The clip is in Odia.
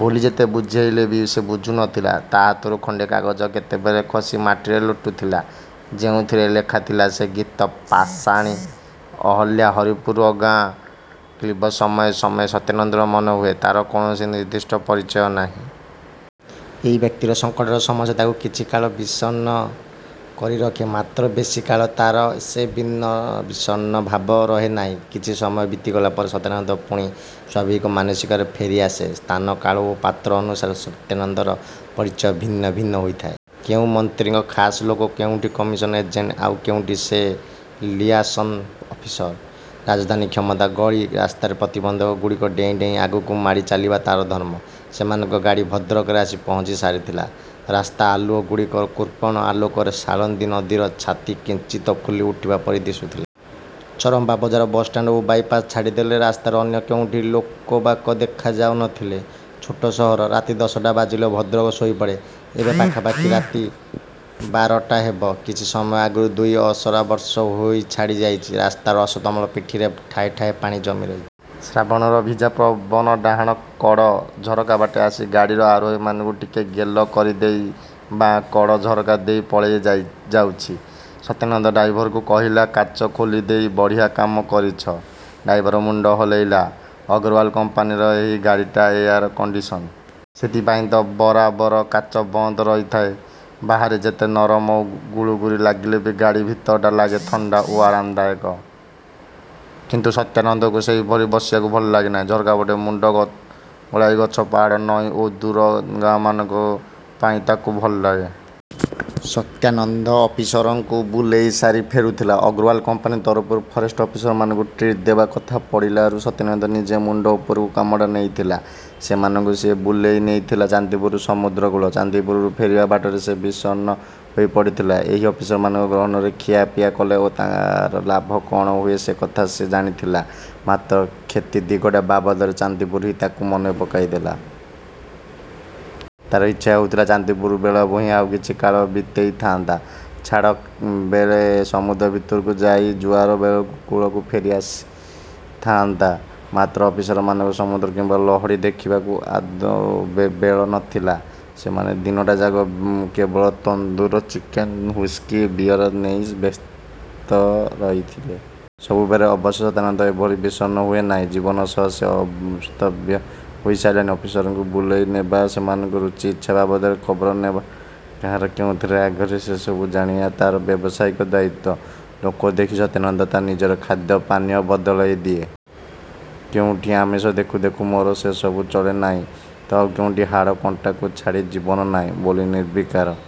ବୋଲି ଯେତେ ବୁଝେଇଲେ ବି ସେ ବୁଝୁ ନଥିଲା। ତା ହାତରୁ ଖଣ୍ଡେ କାଗଜ କେତେବେଳେ ଖସି ମାଟିରେ ଲୋଟୁଥିଲା, ଯେଉଁଥିରେ ଲେଖାଥିଲା ସେ ଗୀତ ପାଷାଣୀ ଅହଲ୍ୟା ହରିପୁର ଗାଁ। କ୍ଳୀବ ସମୟେ ସମୟେ ସତ୍ୟାନନ୍ଦର ମନେହୁଏ, ତାର କୌଣସି ନିର୍ଦ୍ଦିଷ୍ଟ ପରିଚୟ ନାହିଁ। ଏଇ ବ୍ୟକ୍ତିର ସଙ୍କଟର ସମସ୍ୟା ତାକୁ କିଛି କାଳ ବିଷଣ୍ଣ କରିରଖେ। ମାତ୍ର ବେଶିକାଳ ତାର ସେ ବିଣ୍ଣ ବିଷର୍ଣ୍ଣ ଭାବ ରହେନାହିଁ। କିଛି ସମୟ ବିତିଗଲା ପରେ ସତ୍ୟାନନ୍ଦର ପୁଣି ସ୍ୱାଭାବିକ ମାନସିକତା ଫେରିଆସେ। ସ୍ଥାନ, କାଳ ଓ ପାତ୍ର ଅନୁସାରେ ସତ୍ୟାନନ୍ଦର ପରିଚୟ ଭିନ୍ନ ଭିନ୍ନ ହୋଇଥାଏ। କେଉଁ ମନ୍ତ୍ରୀଙ୍କ ଖାସ୍ ଲୋକ, କୋଉଠି କମିଶନ ଏଜେଣ୍ଟ, ଆଉ କୋଉଠି ସେ ଲିଆସନ ଅଫିସର। ରାଜଧାନୀର କ୍ଷମତା ଗଳି ରାସ୍ତାରେ ପ୍ରତିବନ୍ଧକ ଗୁଡ଼ିକ ଡେଇଁ ଡେଇଁ ଆଗକୁ ମାଡ଼ି ଚାଲିବା ତାର ଧର୍ମ। ସେମାନଙ୍କ ଗାଡ଼ି ଭଦ୍ରକରେ ଆସି ପହଞ୍ଚି ସାରିଥିଲା। ରାସ୍ତା ଆଲୁଅ ଗୁଡ଼ିକର କୃପଣ ଆଲୋକରେ ସାଳନ୍ଦୀ ନଦୀର ଛାତି କିଞ୍ଚିତ ଫୁଲି ଉଠିବା ପରି ଦିଶୁଥିଲା। ଚରମ୍ପା ବଜାର ବସ୍‌ଷ୍ଟାଣ୍ଡ ଓ ବାଇପାସ୍ ଛାଡ଼ିଦେଲେ ରାସ୍ତାର ଅନ୍ୟ କୋଉଠି ଲୋକବାକ ଦେଖାଯାଉ ନଥିଲେ। ଛୋଟ ସହର। ରାତି ଦଶଟା ବାଜିଲେ ଭଦ୍ରକ ଶୋଇପଡ଼େ। ଏବେ ପାଖାପାଖି ରାତି ବାରଟା ହେବ। କିଛି ସମୟ ଆଗରୁ ଦୁଇ ଅସରା ବର୍ଷା ହୋଇ ଛାଡ଼ିଯାଇଛି। ରାସ୍ତାର ଅସମତଳ ପିଠିରେ ଠାଏ ଠାଏ ପାଣି ଜମି ରହିଛି। ଶ୍ରାବଣର ଭିଜା ପବନ ଡାହାଣକଡ଼ ଝରକାବାଟେ ଆସି, ଗାଡ଼ିର ଆରୋହୀମାନଙ୍କୁ ଟିକେ ଗେଲ କରିଦେଇ ବାଁ କଡ଼ ଝରକା ଦେଇ ପଳେଇ ଯାଇ ଯାଉଛି। ସତ୍ୟାନନ୍ଦ ଡ୍ରାଇଭରକୁ କହିଲା, "କାଚ ଖୋଲିଦେଇ ବଢ଼ିଆ କାମ କରିଛ।" ଡ୍ରାଇଭର ମୁଣ୍ଡ ହଲେଇଲା। ଅଗ୍ରୱାଲା କମ୍ପାନିର ଏହି ଗାଡ଼ିଟା ଏୟାର କଣ୍ଡିସନ୍‌ଡ। ସେଥିପାଇଁ ଦ ବରାବର କାଚ ବନ୍ଦ ରହିଥାଏ। ବାହାରେ ଯେତେ ଗରମ ଓ ଗୁଳୁଗୁଳି ଲାଗିଲେ ବି ଗାଡ଼ି ଭିତରଟା ଲାଗେ ଥଣ୍ଡା ଓ ଆରାମଦାୟକ। କିନ୍ତୁ ସତ୍ୟାନନ୍ଦକୁ ସେଭଳି ବସିବାକୁ ଭଲ ଲାଗେ ନାହିଁ। ଝରକାପଟେ ମୁଣ୍ଡ ଗଳାଇ ଗଛ, ପାହାଡ଼, ନଈ ଓ ଦୂର ଗାଁମାନଙ୍କୁ ଦେଖିବା ପାଇଁ ତାକୁ ଭଲ ଲାଗେ। ସତ୍ୟାନନ୍ଦ ଅଫିସରଙ୍କୁ ବୁଲେଇସାରି ଫେରୁଥିଲା। ଅଗ୍ରୱାଲ କମ୍ପାନି ତରଫରୁ ଫରେଷ୍ଟ ଅଫିସରମାନଙ୍କୁ 'ଟ୍ରିଟ' ଦେବା କଥା ପଡ଼ିଲାରୁ ସତ୍ୟାନନ୍ଦ ନିଜ ମୁଣ୍ଡ ଉପରକୁ କାମଟା ନେଇଥିଲା ଓ ସେମାନଙ୍କୁ ସେ ବୁଲେଇ ନେଇଥିଲା ଚାନ୍ଦିପୁର ସମୁଦ୍ରକୂଳ। ଚାନ୍ଦିପୁରରୁ ଫେରିବା ବାଟରେ ସେ ବିଷଣ୍ଣ ହୋଇପଡ଼ିଥିଲା। ଏହି ଅଫିସରମାନଙ୍କ ଗହଣରେ ଖିଆପିଆ କଲେ ତାର ଲାଭ କଣ ହୁଏ ସେକଥା ସେ ଜାଣିଥିଲା, ମାତ୍ର କ୍ଷତି ଦିଗଟା ବାବଦରେ ଚାନ୍ଦିପୁର ହିଁ ତାକୁ ମନେ ପକାଇ ଦେଇଥିଲା। ତାର ଇଚ୍ଛା ହେଉଥିଲା ଚାନ୍ଦିପୁର ବେଳାଭୂଇଁରେ ଆଉ କିଛି କାଳ ବିତେଇ ଥାଆନ୍ତା। ଛାଡ଼ ବେଳେ ସମୁଦ୍ର ଭିତରକୁ ଯାଇ ଜୁଆର ବେ ବେଳକୁ କୂଳକୁ ଫେରିଆସି ଥାଆନ୍ତା। ମାତ୍ର ଅଫିସରମାନଙ୍କର ସମୁଦ୍ର କିମ୍ବା ଲହଡ଼ି ଦେଖିବାକୁ ଆଦୌ ବେଳ ନଥିଲା। ସେମାନେ ଦିନଟାଯାକ କେବଳ ତନ୍ଦୁର ଚିକେନ, ହୁଇସ୍କି ଓ ବିଅର ନେଇ ବ୍ୟସ୍ତ ରହିଥିଲେ। ସବୁବେଳେ ଅବଶ୍ୟ ସତ୍ୟାନନ୍ଦ ଏଭଳି ବିଷଣ୍ଣ ହୁଏ ନାହିଁ। ଜୀବନ ସହ ସେ ଅଭ୍ୟସ୍ତ ହୋଇଗଲାଣି। ଅଫିସରମାନଙ୍କୁ ବୁଲେଇନେବା, ସେମାନଙ୍କ ରୁଚି ଓ ଇଚ୍ଛା ବାବଦରେ ଖବର ନେବା, କାହାର କେଉଁଥିରେ ଆଗ୍ରହ ସେସବୁ ଜାଣିବା ତାର ବ୍ୟବସାୟିକ ଦାୟିତ୍ୱ। ଲୋକ ଦେଖି ସତ୍ୟାନନ୍ଦ ତା ନିଜର ଖାଦ୍ୟ-ପାନୀୟ ବଦଳେଇ ଦିଏ। କୋଉଠି ଆମିଷ ଦେଖୁ ଦେଖୁ, ମୋର 'ସେସବୁ ଚଳେ ନାହିଁ' ତ ଆଉ କୋଉଠି 'ହାଡ଼ ଓ କଣ୍ଟାକୁ ଛାଡ଼ି ଜୀବନ ନାହିଁ' ବୋଲି ନିର୍ବିକାର।